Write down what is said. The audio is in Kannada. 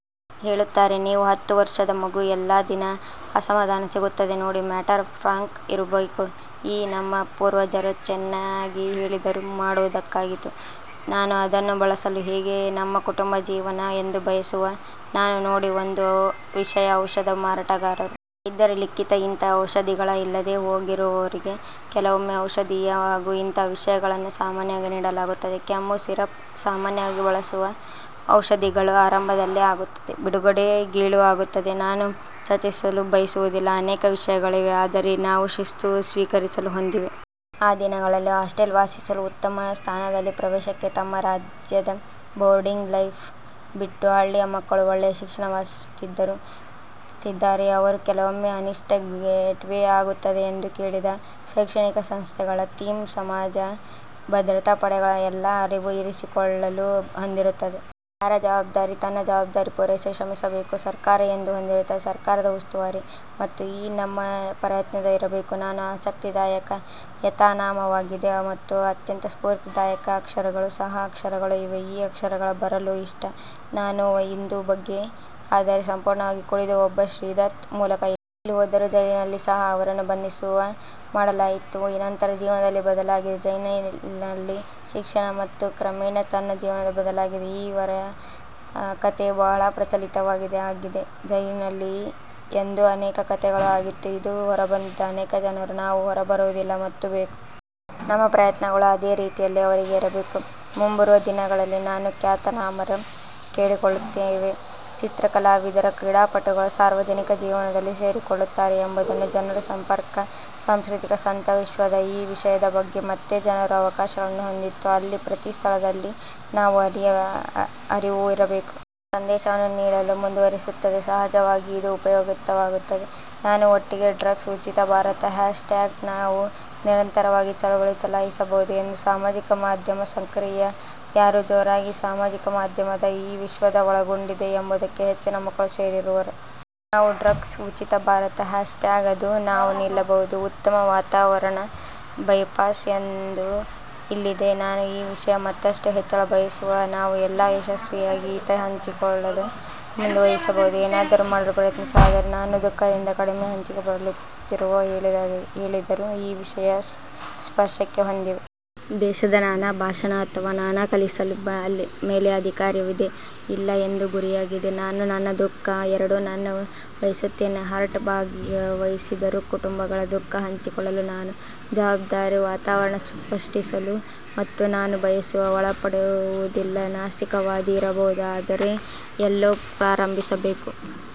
ಹೇಳುತ್ತಾರೆ. ನೀವು ಹತ್ತು ವರ್ಷದ ಮಗು ಎಲ್ಲಾ ದಿನ ಅಸಮಾಧಾನ ಸಿಗುತ್ತದೆ ನೋಡಿ. ಮ್ಯಾಟರ್ ಫ್ರಾಂಕ್ ಇರಬೇಕು. ಈ ನಮ್ಮ ಪೂರ್ವಜರು ಚೆನ್ನಾಗಿ ಹೇಳಿದರು ಮಾಡುವುದಾಗಿತ್ತು. ನಾನು ಅದನ್ನು ಬಳಸಲು ಹೇಗೆ ನಮ್ಮ ಕುಟುಂಬ ಜೀವನ, ಎಂದು ಬಯಸುವ. ನಾನು ನೋಡಿ ಒಂದು ವಿಷಯ ಔಷಧ ಮಾರಾಟಗಾರರು. ವೈದ್ಯರ ಲಿಖಿತ ಇಂತಹ ಔಷಧಿಗಳ ಇಲ್ಲದೆ ಹೋಗಿ ರವರೆಗೆ ಕೆಲವೊಮ್ಮೆ ಔಷಧೀಯ, ಹಾಗೂ ಇಂತಹ ವಿಷಯಗಳನ್ನು ಸಾಮಾನ್ಯವಾಗಿ ನೀಡಲಾಗುತ್ತದೆ. ಕೆಮ್ಮು ಸಿರಪ್ ಸಾಮಾನ್ಯವಾಗಿ ಬಳಸುವ ಔಷಧಿಗಳು ಆರಂಭದಲ್ಲಿ ಆಗುತ್ತದೆ. ಬಿಡುಗಡೆ ಗೀಳು ಆಗುತ್ತದೆ. ನಾನು ಚರ್ಚಿಸಲು ಬಯಸುವುದಿಲ್ಲ ಅನೇಕ ವಿಷಯಗಳಿವೆ. ಆದರೆ ನಾವು ಶಿಸ್ತು ಸ್ವೀಕರಿಸಲು ಹೊಂದಿವೆ. ಈ ದಿನಗಳಲ್ಲಿ, ಹಾಸ್ಟೆಲ್ ವಾಸಿಸಲು ಉತ್ತಮ ಸ್ಥಾನದಲ್ಲಿ ಪ್ರವೇಶಕ್ಕೆ ತಮ್ಮ ರಾಜ್ಯದ ಬೋರ್ಡಿಂಗ್ ಲೈಫ್ ಬಿಟ್ಟು ಹಳ್ಳಿಯ ಮಕ್ಕಳು, ಒಳ್ಳೆಯ ಶಿಕ್ಷಣ ವಾಸಿಸುತ್ತಿದ್ದಾರೆ. ಅವರು ಕೆಲವೊಮ್ಮೆ ಅನಿಷ್ಟ ಗೇಟ್ವೇ ಆಗುತ್ತದೆ ಎಂದು ಕೇಳಿದ. ಶೈಕ್ಷಣಿಕ ಸಂಸ್ಥೆಗಳ ಥೀಮ್, ಸಮಾಜ, ಭದ್ರತಾ ಪಡೆಗಳು ಎಲ್ಲ ಅರಿವು ಇರಿಸಿಕೊಳ್ಳಲು ಹೊಂದಿರುತ್ತದೆ. ಯಾರ ಜವಾಬ್ದಾರಿ ತನ್ನ ಜವಾಬ್ದಾರಿ ಪೂರೈಸಲು ಶ್ರಮಿಸಬೇಕು. ಸರ್ಕಾರ ಎಂದು ಹೊಂದಿರುತ್ತದೆ ಸರ್ಕಾರದ ಉಸ್ತುವಾರಿ. ಮತ್ತು ಈ ನಮ್ಮ ಪ್ರಯತ್ನದ ಇರಬೇಕು. ನಾನು, ಆಸಕ್ತಿದಾಯಕ ಯಾತನಾಮಯವಾಗಿದೆ ಮತ್ತು ಅತ್ಯಂತ ಸ್ಪೂರ್ತಿದಾಯಕ ಅಕ್ಷರಗಳು ಸಹ ಅಕ್ಷರಗಳು ಇವೆ ಈ ಅಕ್ಷರಗಳ ಬರಲು ಇಷ್ಟ. ನಾನು ಇಂದು ಬಗ್ಗೆ, ಆದರೆ ಸಂಪೂರ್ಣವಾಗಿ ಕುಡಿದು ಒಬ್ಬ ಶ್ರೀ ದತ್ ಮೂಲಕ ಇಲ್ಲ., ಜೈಲು ಹೋದರು ಜೈಲಿನಲ್ಲಿ ಸಹ ಅವರನ್ನು ಬಂಧಿಸುವ ಮಾಡಲಾಯಿತು. ನಂತರ ಜೀವನದಲ್ಲಿ ಬದಲಾಗಿದೆ. ಜೈಲಿನಲ್ಲಿ ಶಿಕ್ಷಣ ಮತ್ತು ಕ್ರಮೇಣ ತನ್ನ ಜೀವನದ ಬದಲಾಗಿದೆ. ಈ ಅವರ ಕಥೆ ಬಹಳ ಪ್ರಚಲಿತವಾಗಿದೆ ಆಗಿದೆ. ಜೈಲಿನಲ್ಲಿ ಎಂದು ಅನೇಕ ಕಥೆಗಳು ಆಗಿತ್ತು. ಇದು ಹೊರಬಂದಿದೆ ಅನೇಕ ಜನರು. ನಾವು ಹೊರಬರುವುದಿಲ್ಲ ಮತ್ತು ಬೇಕು. ನಮ್ಮ ಪ್ರಯತ್ನಗಳು ಅದೇ ರೀತಿಯಲ್ಲಿ, ಅವರಿಗೆ ಇರಬೇಕು. ಮುಂಬರುವ ದಿನಗಳಲ್ಲಿ ನಾನು ಖ್ಯಾತನಾಮರು ಕೇಳಿಕೊಳ್ಳುತ್ತೇವೆ. ಚಿತ್ರ ಕಲಾವಿದರು ಕ್ರೀಡಾಪಟುಗಳ ಸಾರ್ವಜನಿಕ ಜೀವನದಲ್ಲಿ ಸೇರಿಕೊಳ್ಳುತ್ತಾರೆ ಎಂಬುದನ್ನು ಜನರು ಸಂಪರ್ಕ. ಸಾಂಸ್ಕೃತಿಕ ಸಂತ ವಿಶ್ವದ, ಈ ವಿಷಯದ ಬಗ್ಗೆ ಮತ್ತೆ ಜನರು ಅವಕಾಶಗಳನ್ನು ಹೊಂದಿತ್ತು ಅಲ್ಲಿ ಪ್ರತಿ ಸ್ಥಳದಲ್ಲಿ, ನಾವು ಅರಿವು ಇರಬೇಕು. ನಾವು ಸಂದೇಶವನ್ನು ನೀಡಲು ಮುಂದುವರೆಸುತ್ತದೆ. ಸಹಜವಾಗಿ ಇದು ಉಪಯೋಗವಾಗುತ್ತದೆ. ನಾನು ಒಟ್ಟಿಗೆ ಡ್ರಗ್ಸ್ ಉಚಿತ ಭಾರತ ಹ್ಯಾಶ್ ಟ್ಯಾಗ್ ನಾವು ನಿರಂತರವಾಗಿ ಚಳವಳಿ ಚಲಾಯಿಸಬಹುದು ಎಂದು ಸಾಮಾಜಿಕ ಮಾಧ್ಯಮ ಸಕ್ರಿಯ ಯಾರು ಜೋರಾಗಿ. ಸಾಮಾಜಿಕ ಮಾಧ್ಯಮದ ಈ ವಿಶ್ವದ ಒಳಗೊಂಡಿದೆ ಎಂಬುದಕ್ಕೆ ಹೆಚ್ಚಿನ ಮಕ್ಕಳು ಸೇರಿರುವ. ನಾವು ಡ್ರಗ್ಸ್ ಉಚಿತ ಭಾರತ ಹ್ಯಾಶ್ ಟ್ಯಾಗ್, ಅದು ನಾವು ನಿಲ್ಲಬಹುದು ಉತ್ತಮ ವಾತಾವರಣ ಬೈಪಾಸ್ ಒಂದು ಇಲ್ಲಿದೆ. ನಾನು ಈ ವಿಷಯ ಮತ್ತಷ್ಟು ಹೆಚ್ಚಳ ಬಯಸುವ. ನಾವು ಎಲ್ಲಾ ಯಶಸ್ವಿಯಾಗಿ ಈತ ಹಂಚಿಕೊಳ್ಳಿ ಮುಂದುವರಿಸಬಹುದು, ಏನಾದರೂ ಮಾಡಲು ಪ್ರಯತ್ನಿಸಿ. ಆದರೆ ನಾನು ದುಃಖದಿಂದ ಕಡಿಮೆ ಹಂಚಿಕೆ ಬಳಲುತ್ತಿರುವ ಹೇಳಿದರು ಈ ವಿಷಯ ಸ್ಪರ್ಶಕ್ಕೆ ಹೊಂದಿವೆ. ದೇಶದ ನಾನು ಭಾಷಣ ಅಥವಾ ನಾನು ಕಲಿಸಲು ಮೇಲೆ ಅಧಿಕಾರವಿದೆಯೇ ಇಲ್ಲ ಎಂದು, ಗುರಿಯಾಗಿದೆ. ನಾನು ನನ್ನ ದುಃಖ, ಎರಡೂ ನಾನು ಬಯಸುತ್ತೇನೆ ಹರ್ಟ್ ಭಾಗವಹಿಸಿದರು ಕುಟುಂಬಗಳ ದುಃಖ ಹಂಚಿಕೊಳ್ಳಲು ನಾನು. ಜವಾಬ್ದಾರಿ ವಾತಾವರಣ ಸೃಷ್ಟಿಸಲು ಮತ್ತು ನಾನು ಬಯಸುವ. ಒಳಪಡುವುದಿಲ್ಲ-ನಾಸ್ತಿಕವಾದಿ ಇರಬಹುದು. ಆದರೆ ಎಲ್ಲೋ ಪ್ರಾರಂಭಿಸಬೇಕು.